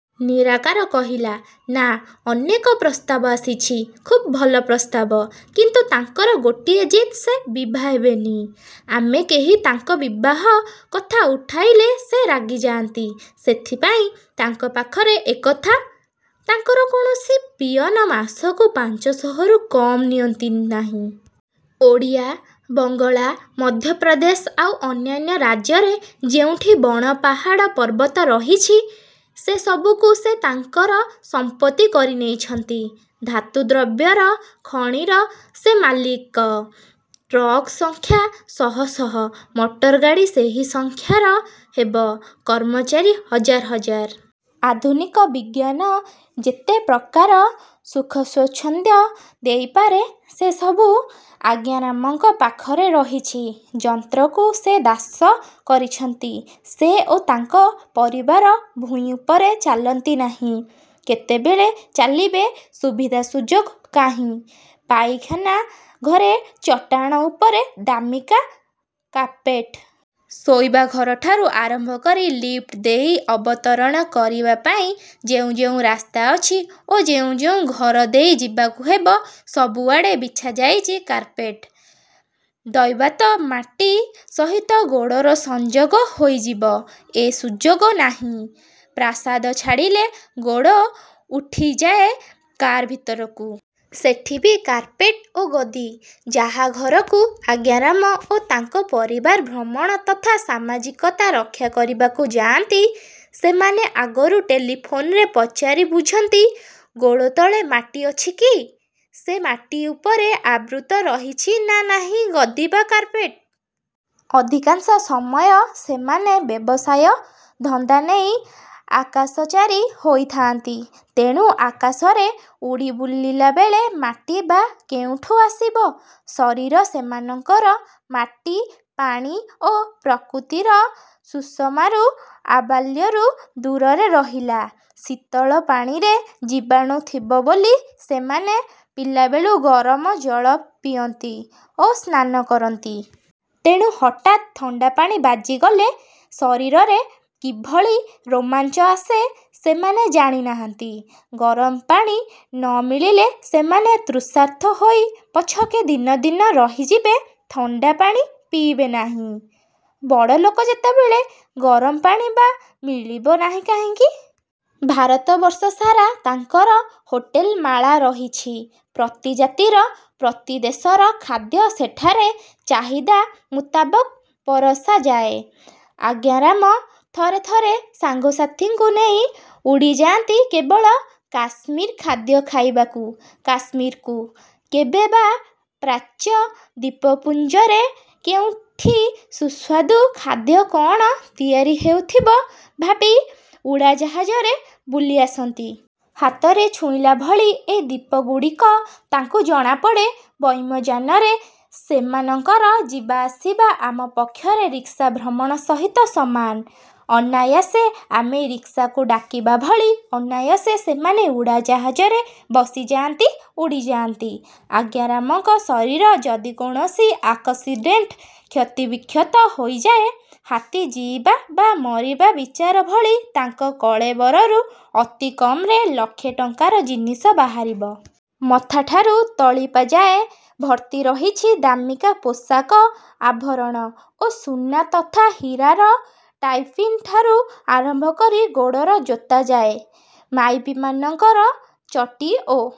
ନିରାକାର କହିଲା-ନା! ଅନେକ ପ୍ରସ୍ତାବ ଆସିଛି। ଖୁବ୍ ଭଲ ପ୍ରସ୍ତାବ; କିନ୍ତୁ ତାଙ୍କର ଗୋଟିଏ ଜିଦ୍ ସେ ବିଭା ହେବେନି। ଆମେ କେହି ତାଙ୍କ ବିବାହ କଥା ଉଠାଇଲେ, ସେ ରାଗି ଯାଆନ୍ତି। ସେଥିପାଇଁ ତାଙ୍କ ପାଖରେ ଏ କଥା। ତାଙ୍କର କୌଣସି ପିଅନ ମାସକୁ ପାଞ୍ଚଶହରୁ କମ୍ ନିଅନ୍ତି ନାହିଁ। ଓଡ଼ିଶା, ବଙ୍ଗଳା, ମଧ୍ୟପ୍ରଦେଶ ଆଉ ଅନ୍ୟାନ୍ୟ ରାଜ୍ୟରେ ଯେଉଁଠି ବଣ ପାହାଡ଼ ପର୍ବତ ରହିଛି, ସେ ସବୁକୁ ସେ ତାଙ୍କର ସମ୍ପତ୍ତି କରିନେଇଛନ୍ତି। ଧାତୁ ଦ୍ରବ୍ୟର ଖଣିର ସେ ମାଲିକ। ଟ୍ରକ୍ ସଂଖ୍ୟା ଶହ ଶହ, ମଟରଗାଡ଼ି ସେହି ସଂଖ୍ୟାର ହେବ। କର୍ମଚାରୀ ହଜାର ହଜାର। ଆଧୁନିକ ବିଜ୍ଞାନ ଯେତେ ପ୍ରକାର ସୁଖସ୍ୱାଚ୍ଛନ୍ଦ୍ୟ ଦେଇପାରେ, ସେ ସବୁ ଆଜ୍ଞାରାମଙ୍କ ପାଖରେ ରହିଛି। ଯନ୍ତ୍ରକୁ ସେ ଦାସ କରିଛନ୍ତି। ସେ ଓ ତାଙ୍କ ପରିବାର ଭୂଇଁ ଉପରେ ଚାଲନ୍ତି ନାହିଁ-। କେତେବେଳେ ଚାଲିବେ-ସୁବିଧା ସୁଯୋଗ କାହିଁ? ପାଇଖାନା ଘରେ ଚଟାଣ ଉପରେ ଦାମିକା କାର୍ପେଟ। ଶୋଇବା ଘରଠାରୁ ଆରମ୍ଭ କରି ଲିଫ୍ଟ ଦେଇ ଅବତରଣ କରିବାପାଇଁ ଯେଉଁ ଯେଉଁ ରାସ୍ତା ଅଛି ଓ ଯେଉଁ ଯେଉଁ ଘର ଦେଇ ଯିବାକୁ ହେବ, ସବୁଆଡେ଼ ବିଛାଯାଇଛି କାର୍ପେଟ। ଦୈବାତ୍ ମାଟି ସହିତ ଗୋଡ଼ର ସଂଯୋଗ ହୋଇଯିବ, ଏ ସୁଯୋଗ ନାହିଁ। ପ୍ରାସାଦ ଛାଡ଼ିଲେ ଗୋଡ଼ ଉଠିଯାଏ କାର୍ ଭିତରକୁ। ସେଠି ବି କାର୍ପେଟ ଓ ଗଦି। ଯାହା ଘରକୁ ଆଜ୍ଞାରାମ ଓ ତାଙ୍କ ପରିବାର ଭ୍ରମଣ ତଥା ସମାଜିକତା ରକ୍ଷାକରିବାକୁ ଯାଆନ୍ତି, ସେମାନେ ଆଗରୁ ଟେଲିଫୋନରେ ପଚାରି ବୁଝନ୍ତି ଗୋଡ଼ ତଳେ ମାଟି ଅଛିକି-ସେ ମାଟି ଉପରେ ଆବୃତ ରହିଛି ନା ନାହିଁ ଗଦି ବା କାର୍ପେଟ୍। ଅଧିକାଂଶ ସମୟ ସେମାନେ ବ୍ୟବସାୟ ଧନ୍ଦାନେଇ ଆକାଶଚାରୀ ହୋଇ ଥାଆନ୍ତି। ତେଣୁ ଆକାଶରେ ଉଡ଼ିବୁଲିଲାବେଳେ ମାଟି ବା କେଉଁଠୁ ଆସିବ? ଶରୀର ସେମାନଙ୍କର ମାଟି, ପାଣି ଓ ପ୍ରକୃତିର ସୁଷମାରୁ ଆବାଲ୍ୟରୁ ଦୂରରେ ରହିଲା-। ଶୀତଳ ପାଣିରେ ଜୀବାଣୁ ଥିବବୋଲି ସେମାନେ ପିଲାବେଳୁ ଗରମ ଜଳ ପିଅନ୍ତି ଓ ସ୍ନାନ କରନ୍ତି-। ତେଣୁ ହଠାତ୍ ଥଣ୍ଡାପାଣି ବାଜିଗଲେ ଶରୀରରେ କିଭଳି ରୋମାଞ୍ଚ ଆସେ, ସେମାନେ ଜାଣି ନାହାଁନ୍ତି। ଗରମପାଣି ନ ମିଳିଲେ, ସେମାନେ ତୃଷାର୍ତ୍ତ ହୋଇ ପଛକେ ଦିନ ଦିନ ରହିଯିବେ, ଥଣ୍ଡା ପାଣି ପିଇବେ ନାହିଁ। ବଡ଼ଲୋକ ଯେତେବେଳେ, ଗରମ ପାଣି ବା ମିଳିବ ନାହିଁ କାହିଁକି? ଭାରତବର୍ଷ ସାରା ତାଙ୍କର ହୋଟେଲମାଳା ରହିଛି। ପ୍ରତି ଜାତିର, ପ୍ରତି ଦେଶର ଖାଦ୍ୟ ସେଠାରେ ଚାହିଦା ମୁତାବକ ପରଷାଯାଏ। ଆଜ୍ଞାରାମ ଥରେ ଥରେ ସାଙ୍ଗସାଥୀଙ୍କୁ ନେଇ ଉଡ଼ିଯାଆନ୍ତି କେବଳ କାଶ୍ମୀରୀ ଖାଦ୍ୟ ଖାଇବାକୁ କାଶ୍ମୀରକୁ। କେବେ ବା ପ୍ରାଚ୍ୟ ଦ୍ଵୀପପୁଞ୍ଜରେ କେଉଁଠି ସୁସ୍ୱାଦୁ ଖାଦ୍ୟ କଅଣ ତିଆରି ହେଉଥିବ ଭାବି ଉଡ଼ାଯାହାଜରେ ବୁଲିଆସନ୍ତି। ହାତରେ ଛୁଇଁଲା ଭଳି ଏ ଦ୍ଵୀପଗୁଡ଼ିକ ତାଙ୍କୁ ଜଣାପଡ଼େ। ବ୍ୟୋମଯାନରେ ସେମାନଙ୍କର ଯିବାଆସିବା ଆମ ପକ୍ଷରେ ରିକ୍ସା ଭ୍ରମଣ ସହିତ ସମାନ। ଅନାୟାସେ ଆମେ ରିକ୍ସାକୁ ଡାକିବା ଭଳି, ଅନାୟାସେ ସେମାନେ ଉଡ଼ାଜାହାଜରେ ବସିଯାଆନ୍ତି, ଉଡ଼ିଯାଆନ୍ତି। ଆଜ୍ଞାରାମଙ୍କ ଶରୀର ଯଦି କୌଣସି ଆକସିଡ଼େଣ୍ଟ୍ରେ କ୍ଷତବିକ୍ଷତ ହୋଇଯାଏ, ହାତୀ ଜୀଇବା ବା ମରିବା ବିଚାର ଭଳି ତାଙ୍କ କଳେବରରୁ ଅତି କମରେ ଲକ୍ଷେ ଟଙ୍କାର ଜିନିଷ ବାହାରିବ। ମଥାଠାରୁ ତଳିପାଯାଏ ଭର୍ତ୍ତି ରହିଛି ଦାମିକା ପୋଷାକ ଆଭରଣ ଓ ସୁନା ତଥା ହୀରାର ଟାଇପିନ୍ ଠାରୁ ଆରମ୍ଭ କରି ଗୋଡ଼ର ଜୋତା ଯାଏ। ମାଇପିମାନଙ୍କର ଚଟି ଓ